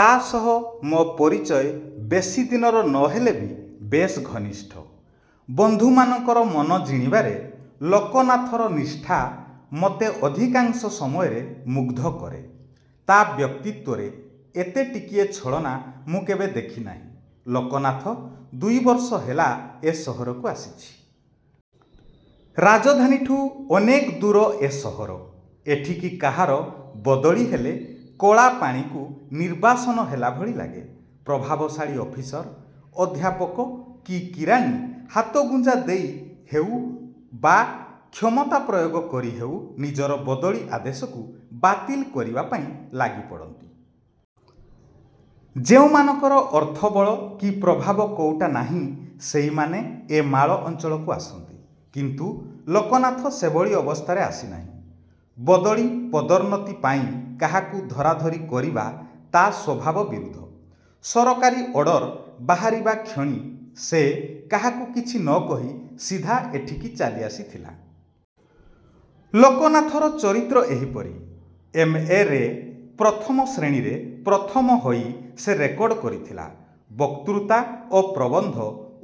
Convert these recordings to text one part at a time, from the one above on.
ତା ସହ ମୋ ପରିଚୟ ବେଶିଦିନର ନ ହେଲେ ବି ବେଶ୍ ଘନିଷ୍ଠ। ବନ୍ଧୁମାନଙ୍କର ମନ ଜିଣିବାରେ ଲୋକନାଥର ନିଷ୍ଠା ମୋତେ ଅଧିକାଂଶ ସମୟରେ ମୁଗ୍ଧ କରେ। ତା ବ୍ୟକ୍ତିତ୍ୱରେ ଏତେ ଟିକିଏ ଛଳନା ମୁଁ କେବେ ଦେଖି ନାହିଁ। ଲୋକନାଥ ଦୁଇବର୍ଷ ହେଲା ଏ ସହରକୁ ଆସିଛି। ରାଜଧାନୀଠୁ ଅନେକ ଦୂର ଏ ସହର। ଏଠିକି କାହାର ବଦଳି ହେଲେ କଳାପାଣିକୁ ନିର୍ବାସନ ହେଲା ଭଳି ଲାଗେ। ପ୍ରଭାବଶାଳୀ ଅଫିସର, ଅଧ୍ୟାପକ କି କିରାଣି ହାତଗୁଞ୍ଜା ଦେଇ ହେଉ ବା କ୍ଷମତା ପ୍ରୟୋଗ କରି ହେଉ ନିଜର ବଦଳି ଆଦେଶକୁ ବାତିଲ କରିବା ପାଇଁ ଲାଗିପଡ଼ନ୍ତି। ଯେଉଁମାନଙ୍କର ଅର୍ଥବଳ କି ପ୍ରଭାବ କୋଉଟା ନାହିଁ ସେଇମାନେ ଏ ମାଳଅଞ୍ଚଳକୁ ଆସନ୍ତି। କିନ୍ତୁ ଲୋକନାଥ ସେଭଳି ଅବସ୍ଥାରେ ଆସିନାହିଁ। ବଦଳି ପଦୋନ୍ନତି ପାଇଁ କାହାକୁ ଧରାଧରି କରିବା ତା ସ୍ୱଭାବବିରୁଦ୍ଧ। ସରକାରୀ ଅର୍ଡର ବାହାରିବା କ୍ଷଣି ସେ କାହାକୁ କିଛି ନ କହି ସିଧା ଏଠିକି ଚାଲିଆସିଥିଲା। ଲୋକନାଥର ଚରିତ୍ର ଏହିପରି। ଏମ୍. ଏ. ରେ ପ୍ରଥମ ଶ୍ରେଣୀରେ ପ୍ରଥମ ହୋଇ ସେ ରେକର୍ଡ କରିଥିଲା। ବକ୍ତୃତା ଓ ପ୍ରବନ୍ଧ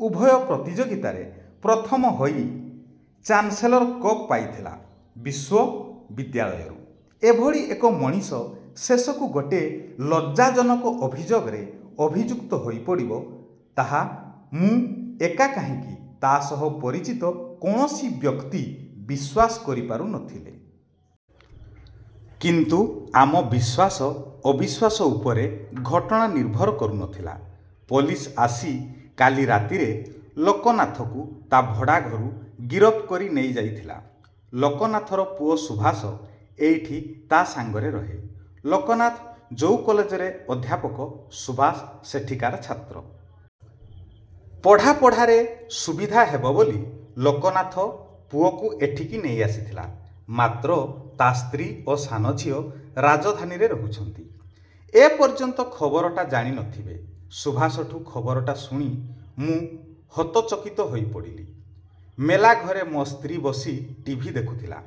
ଉଭୟ ପ୍ରତିଯୋଗିତାରେ ପ୍ରଥମ ହୋଇ ଚାନସେଲର୍ କପ୍ ପାଇଥିଲା ବିଶ୍ୱବିଦ୍ୟାଳୟରୁ। ଏଭଳି ଏକ ମଣିଷ ଶେଷକୁ ଗୋଟେ ଲଜ୍ଜାଜନକ ଅଭିଯୋଗରେ ଅଭିଯୁକ୍ତ ହୋଇପଡ଼ିବ, ତାହା ମୁଁ ଏକା କାହିଁକି ତା ସହ ପରିଚିତ କୌଣସି ବ୍ୟକ୍ତି ବିଶ୍ୱାସ କରିପାରୁ ନଥିଲେ। କିନ୍ତୁ ଆମ ବିଶ୍ୱାସ ଅବିଶ୍ୱାସ ଉପରେ ଘଟଣା ନିର୍ଭର କରୁ ନଥିଲା। ପୋଲିସ୍ ଆସି କାଲି ରାତିରେ ଲୋକନାଥକୁ ତା ଭଡ଼ାଘରୁ ଗିରଫ କରି ନେଇଯାଇଥିଲା। ଲୋକନାଥର ପୁଅ ସୁଭାଷ ଏଇଠି ତା ସାଙ୍ଗରେ ରହେ। ଲୋକନାଥ ଯୋଉ କଲେଜରେ ଅଧ୍ୟାପକ ସୁଭାଷ ସେଠିକାର ଛାତ୍ର। ପଢ଼ାପଢ଼ାରେ ସୁବିଧା ହେବ ବୋଲି ଲୋକନାଥ ପୁଅକୁ ଏଠିକି ନେଇଆସିଥିଲା। ମାତ୍ର ତା ସ୍ତ୍ରୀ ଓ ସାନଝିଅ ରାଜଧାନୀରେ ରହୁଛନ୍ତି। ଏପର୍ଯ୍ୟନ୍ତ ଖବରଟା ଜାଣି ନଥିବେ। ସୁଭାଷଠୁ ଖବରଟା ଶୁଣି ମୁଁ ହତଚକିତ ହୋଇପଡ଼ିଲି। ମେଲାଘରେ ମୋ ସ୍ତ୍ରୀ ବସି ଟି. ଭି. ଦେଖୁଥିଲା।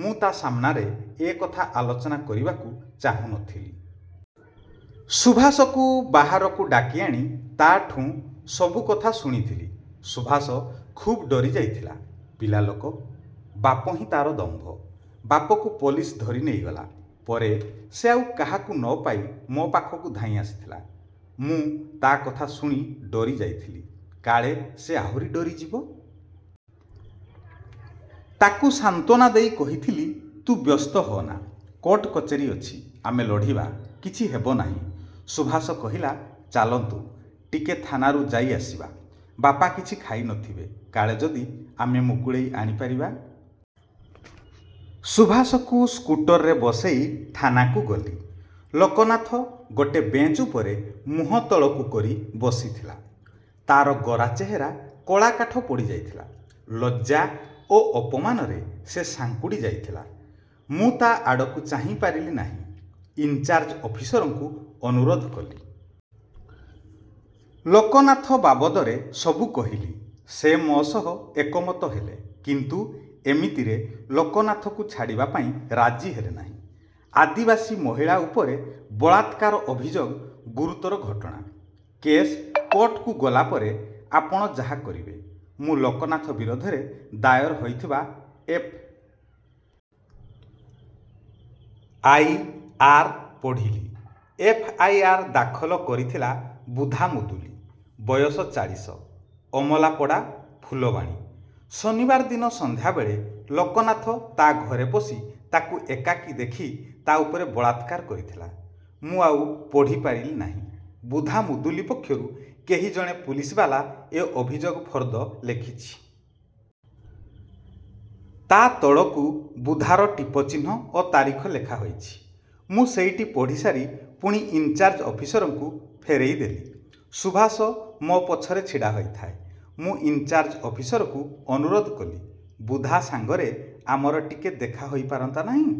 ମୁଁ ତା ସାମ୍ନାରେ ଏକଥା ଆଲୋଚନା କରିବାକୁ ଚାହୁଁ ନଥିଲି। ସୁଭାଷକୁ ବାହାରକୁ ଡାକିଆଣି ତାଠୁଁ ସବୁକଥା ଶୁଣିଥିଲି। ସୁଭାଷ ଖୁବ୍ ଡରିଯାଇଥିଲା। ପିଲାଲୋକ! ବାପ ହିଁ ତାର ଦମ୍ଭ। ବାପକୁ ପୋଲିସ୍ ଧରିନେଇଗଲା ପରେ ସେ ଆଉ କାହାକୁ ନ ପାଇ ମୋ ପାଖକୁ ଧାଇଁ ଆସିଥିଲା। ମୁଁ ତା କଥା ଶୁଣି ଡରିଯାଇଥିଲି। କାଳେ ସେ ଆହୁରି ଡରିଯିବ! ତାକୁ ସାନ୍ତ୍ୱନା ଦେଇ କହିଥିଲି, 'ତୁ ବ୍ୟସ୍ତ ହଅନା। କୋର୍ଟ କଚେରି ଅଛି। ଆମେ ଲଢ଼ିବା। କିଛି ହେବ ନାହିଁ। ' ସୁଭାଷ କହିଲା, 'ଚାଲନ୍ତୁ, ଟିକେ ଥାନାରୁ ଯାଇ ଆସିବା। ବାପା କିଛି ଖାଇ ନ ଥିବେ। କାଳେ ଯଦି ଆମେ ମୁକୁଳେଇ ଆଣି ପାରିବା। ' ସୁଭାଷକୁ ସ୍କୁଟରରେ ବସେଇ ଥାନାକୁ ଗଲି। ଲୋକନାଥ ଗୋଟେ ବେଞ୍ଚ୍ ଉପରେ ମୁହଁ ତଳକୁ କରି ବସିଥିଲା। ତାର ଗୋରା ଚେହେରା କଲାକାଠ ପଡ଼ିଯାଇଥିଲା। ଲଜ୍ଜା ଓ ଅପମାନରେ ସେ ସାଙ୍କୁଡ଼ି ଯାଇଥିଲା। ମୁଁ ତା ଆଡ଼କୁ ଚାହିଁ ପାରିଲି ନାହିଁ। ଇନଚାର୍ଜ ଅଫିସରଙ୍କୁ ଅନୁରୋଧ କଲି। ଲୋକନାଥ ବାବଦରେ ସବୁ କହିଲି। ସେ ମୋ ସହ ଏକମତ ହେଲେ। କିନ୍ତୁ ଏମିତିରେ ଲୋକନାଥକୁ ଛାଡ଼ିବା ପାଇଁ ରାଜି ହେଲେ ନାହିଁ। 'ଆଦିବାସୀ ମହିଳା ଉପରେ ବଳାତ୍କାର ଅଭିଯୋଗ ଗୁରୁତର ଘଟଣା। କେସ୍ କୋର୍ଟକୁ ଗଲା ପରେ ଆପଣ ଯାହା କରିବେ। ' ମୁଁ ଲୋକନାଥ ବିରୋଧରେ ଦାୟର ହୋଇଥିବା ଏଫ୍. ଆଇ. ଆର୍. ପଢ଼ିଲି। ଏଫ୍. ଆଇ. ଆର୍. ଦାଖଲ କରିଥିଲା ବୁଧା ମୁଦୁଲି। ବୟସ ଚାଳିଶ। ଅମଲାପଡ଼ା,। ଫୁଲବାଣୀ। ଶନିବାର ଦିନ ସନ୍ଧ୍ୟାବେଳେ ଲୋକନାଥ ତା ଘରେ ପଶି ତାକୁ ଏକାକୀ ଦେଖି ତା ଉପରେ ବଳାତ୍କାର କରିଥିଲା। ମୁଁ ଆଉ ପଢ଼ିପାରିଲି ନାହିଁ। ବୁଧା ମୁଦୁଲି ପକ୍ଷରୁ କେହି ଜଣେ ପୁଲିସବାଲା ଏ ଅଭିଯୋଗ ଫର୍ଦ୍ଦ ଲେଖିଛି। ତା ତଳକୁ ବୁଧାର ଟିପଚିହ୍ନ ଓ ତାରିଖ ଲେଖା ହୋଇଛି। ମୁଁ ସେଇଟି ପଢ଼ିସାରି ପୁଣି ଇନ୍ଚାର୍ଜ ଅଫିସରଙ୍କୁ ଫେରେଇଦେଲି। ସୁଭାଷ ମୋ ପଛରେ ଛିଡ଼ା ହୋଇଥାଏ। ମୁଁ ଇନ୍ଚାର୍ଜ ଅଫିସରକୁ ଅନୁରୋଧ କଲି, "ବୁଧା ସାଙ୍ଗରେ ଆମର ଟିକେ ଦେଖା ହୋଇପାରନ୍ତା ନାହିଁ?